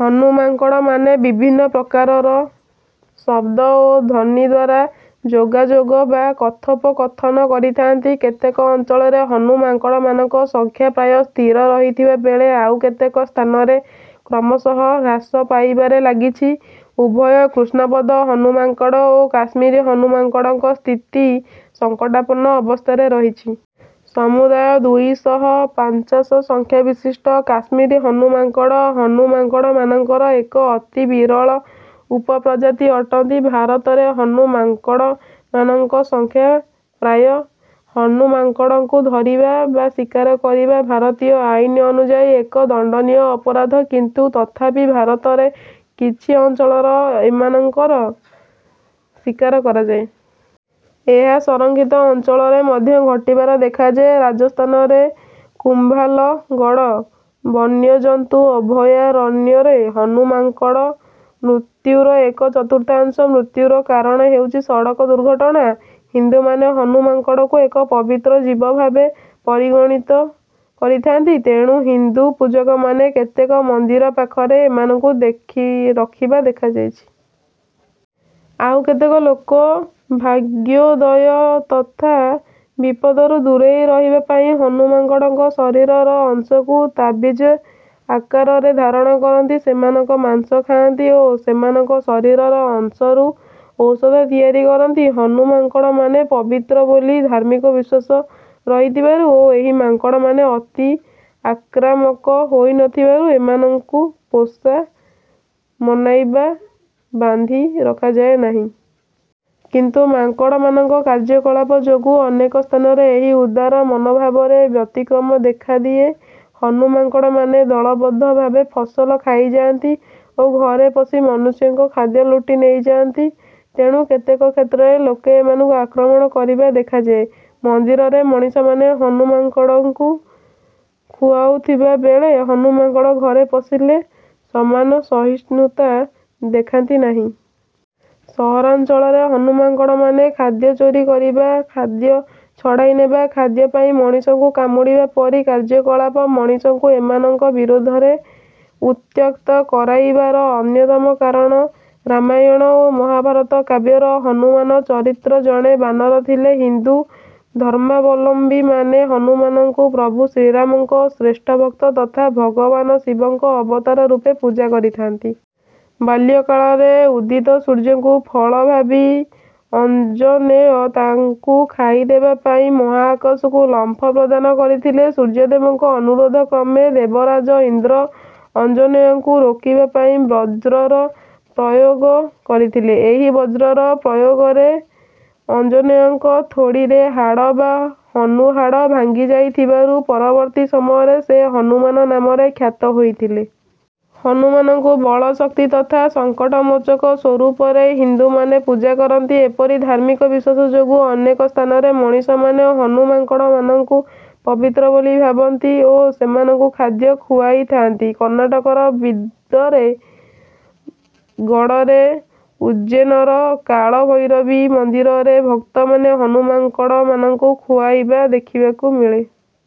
ହନୁ ମାଙ୍କଡ଼ମାନେ ବିଭିନ୍ନ ପ୍ରକାରର ଶବ୍ଦ ଓ ଧ୍ୱନି ଦ୍ୱାରା ଯୋଗାଯୋଗ ବା କଥୋପକଥନ କରିଥାନ୍ତି। କେତେକ ଅଞ୍ଚଳରେ ହନୁ ମାଙ୍କଡ଼ମାନଙ୍କ ସଂଖ୍ୟା ପ୍ରାୟ ସ୍ଥିର ରହିଥିବା ବେଳେ ଆଉ କେତେକ ସ୍ଥାନରେ କ୍ରମଶଃ ହ୍ରାସ ପାଇବାରେ ଲାଗିଛି। ଉଭୟ କୃଷ୍ଣପଦ ହନୁ ମାଙ୍କଡ଼ ଓ କାଶ୍ମୀରୀ ହନୁ ମାଙ୍କଡ଼ଙ୍କ ସ୍ଥିତି ସଙ୍କଟାପନ୍ନ ଅବସ୍ଥାରେ ରହିଛି। ସମୁଦାୟ ଦୁଇ ଶହ ପାଞ୍ଚାଶ ସଂଖ୍ୟାବିଶିଷ୍ଟ କାଶ୍ମୀରୀ ହନୁ ମାଙ୍କଡ଼, ହନୁ ମାଙ୍କଡ଼ମାନଙ୍କର ଏକ ଅତି ବିରଳ ଉପପ୍ରଜାତି ଅଟନ୍ତି। ଭାରତରେ ହନୁ ମାଙ୍କଡ଼ମାନଙ୍କ ସଂଖ୍ୟା ପ୍ରାୟ। ହନୁ ମାଙ୍କଡ଼ଙ୍କୁ ଧରିବା ବା ଶିକାର କରିବା ଭାରତୀୟ ଆଇନ ଅନୁଯାୟୀ ଏକ ଦଣ୍ଡନୀୟ ଅପରାଧ, କିନ୍ତୁ ତଥାପି ଭାରତର କିଛି ଅଞ୍ଚଳରେ ଏମାନଙ୍କର ଶିକାର କରାଯାଏ। ଏହା ସଂରକ୍ଷିତ ଅଞ୍ଚଳରେ ମଧ୍ୟ ଘଟିବାର ଦେଖାଯାଏ, ରାଜସ୍ଥାନର କୁମ୍ଭାଲଗଡ଼ ବନ୍ୟଜନ୍ତୁ ଅଭୟାରଣ୍ୟରେ ହନୁ ମାଙ୍କଡ଼ ମୃତ୍ୟୁର ଏକ ଚତୁର୍ଥାଂଶ ମୃତ୍ୟୁର କାରଣ ହେଉଛି ସଡ଼କ ଦୁର୍ଘଟଣା। ହିନ୍ଦୁମାନେ ହନୁ ମାଙ୍କଡ଼କୁ ଏକ ପବିତ୍ର ଜୀବ ଭାବେ ପରିଗଣିତ କରିଥାନ୍ତି। ତେଣୁ ହିନ୍ଦୁ ପୂଜକମାନେ କେତେକ ମନ୍ଦିର ପାଖରେ ଏମାନଙ୍କୁ ରଖିବା ଦେଖାଯାଇଛି। ଆଉ କେତେକ ଲୋକ ଭାଗ୍ୟୋଦୟ ତଥା ବିପଦରୁ ଦୂରେଇ ରହିବା ପାଇଁ ହନୁ ମାଙ୍କଡ଼ଙ୍କ ଶରୀରର ଅଂଶକୁ ତାବିଜ ଆକାରରେ ଧାରଣ କରନ୍ତି, ସେମାନଙ୍କ ମାଂସ ଖାଆନ୍ତି ଓ ସେମାନଙ୍କ ଶରୀରର ଅଂଶରୁ ଔଷଧ ତିଆରି କରନ୍ତି। ହନୁ ମାଙ୍କଡ଼ମାନେ ପବିତ୍ର ବୋଲି ଧାର୍ମିକ ବିଶ୍ୱାସ ରହିଥିବାରୁ ଓ ଏହି ମାଙ୍କଡ଼ମାନେ ଅତି ଆକ୍ରାମକ ହୋଇନଥିବାରୁ ଏମାନଙ୍କୁ ପୋଷା ମନାଇ ବା ବାନ୍ଧି ରଖାଯାଏ ନାହିଁ। କିନ୍ତୁ ମାଙ୍କଡ଼ମାନଙ୍କ କାର୍ଯ୍ୟକଳାପ ଯୋଗୁଁ ଅନେକ ସ୍ଥାନରେ ଏହି ଉଦାର ମନୋଭାବରେ ବ୍ୟତିକ୍ରମ ଦେଖାଦିଏ। ହନୁ ମାଙ୍କଡ଼ମାନେ ଦଳବଦ୍ଧ ଭାବେ ଫସଲ ଖାଇଯାଆନ୍ତି ଓ ଘରେ ପଶି ମନୁଷ୍ୟଙ୍କ ଖାଦ୍ୟ ଲୁଟି ନେଇଯାନ୍ତି। ତେଣୁ କେତେକ କ୍ଷେତ୍ରରେ ଲୋକେ ଏମାନଙ୍କୁ ଆକ୍ରମଣ କରିବା ଦେଖାଯାଏ। ମନ୍ଦିରରେ ମଣିଷମାନେ ହନୁ ମାଙ୍କଡ଼ଙ୍କୁ ଖୁଆଉଥିବା ବେଳେ ହନୁ ମାଙ୍କଡ଼ ଘରେ ପଶିଲେ ସମାନ ସହିଷ୍ଣୁତା ଦେଖାନ୍ତି ନାହିଁ। ସହରାଞ୍ଚଳରେ ହନୁ ମାଙ୍କଡ଼ମାନେ ଖାଦ୍ୟ ଚୋରି କରିବା, ଖାଦ୍ୟ ଛଡ଼ାଇ ନେବା, ଖାଦ୍ୟ ପାଇଁ ମଣିଷଙ୍କୁ କାମୁଡ଼ିବା ପରି କାର୍ଯ୍ୟକଳାପ ମଣିଷଙ୍କୁ ଏମାନଙ୍କ ବିରୋଧରେ ଉତ୍ତ୍ୟକ୍ତ କରାଇବାର ଅନ୍ୟତମ କାରଣ। ରାମାୟଣ ଓ ମହାଭାରତ କାବ୍ୟର ହନୁମାନ ଚରିତ୍ର ଜଣେ ବାନର ଥିଲେ। ହିନ୍ଦୁ ଧର୍ମାବଲମ୍ବୀମାନେ ହନୁମାନଙ୍କୁ ପ୍ରଭୁ ଶ୍ରୀରାମଙ୍କ ଶ୍ରେଷ୍ଠ ଭକ୍ତ ତଥା ଭଗବାନ ଶିବଙ୍କ ଅବତାର ରୂପେ ପୂଜା କରିଥାନ୍ତି। ବାଲ୍ୟକାଳରେ ଉଦିତ ସୂର୍ଯ୍ୟଙ୍କୁ ଫଳ ଭାବି ଅଞ୍ଜନେୟ ତାଙ୍କୁ ଖାଇଦେବା ପାଇଁ ମହାକାଶକୁ ଲମ୍ଫ ପ୍ରଦାନ କରିଥିଲେ। ସୂର୍ଯ୍ୟଦେବଙ୍କ ଅନୁରୋଧ କ୍ରମେ ଦେବରାଜ ଇନ୍ଦ୍ର ଅଞ୍ଜନେୟଙ୍କୁ ରୋକିବା ପାଇଁ ବଜ୍ରର ପ୍ରୟୋଗ କରିଥିଲେ। ଏହି ବଜ୍ରର ପ୍ରୟୋଗରେ ଅଞ୍ଜନେୟଙ୍କ ଥୋଡ଼ିର ହାଡ଼ ବା ହନୁ ହାଡ଼ ଭାଙ୍ଗିଯାଇଥିବାରୁ ପରବର୍ତ୍ତୀ ସମୟରେ ସେ ହନୁମାନ ନାମରେ ଖ୍ୟାତ ହୋଇଥିଲେ। ହନୁମାନଙ୍କୁ ବଳ, ଶକ୍ତି ତଥା ସଙ୍କଟମୋଚକ ସ୍ୱରୂପରେ ହିନ୍ଦୁମାନେ ପୂଜା କରନ୍ତି। ଏପରି ଧାର୍ମିକ ବିଶ୍ୱାସ ଯୋଗୁଁ ଅନେକ ସ୍ଥାନରେ ମଣିଷମାନେ ହନୁ ମାଙ୍କଡ଼ମାନଙ୍କୁ ପବିତ୍ର ବୋଲି ଭାବନ୍ତି ଓ ସେମାନଙ୍କୁ ଖାଦ୍ୟ ଖୁଆଇଥାନ୍ତି। କର୍ଣ୍ଣାଟକର ବିଦର ଗଡ଼ରେ, ଉଜ୍ଜୈନର କାଳଭୈରବୀ ମନ୍ଦିରରେ ଭକ୍ତମାନେ ହନୁ ମାଙ୍କଡ଼ମାନଙ୍କୁ ଖୁଆଇବା ଦେଖିବାକୁ ମିଳେ।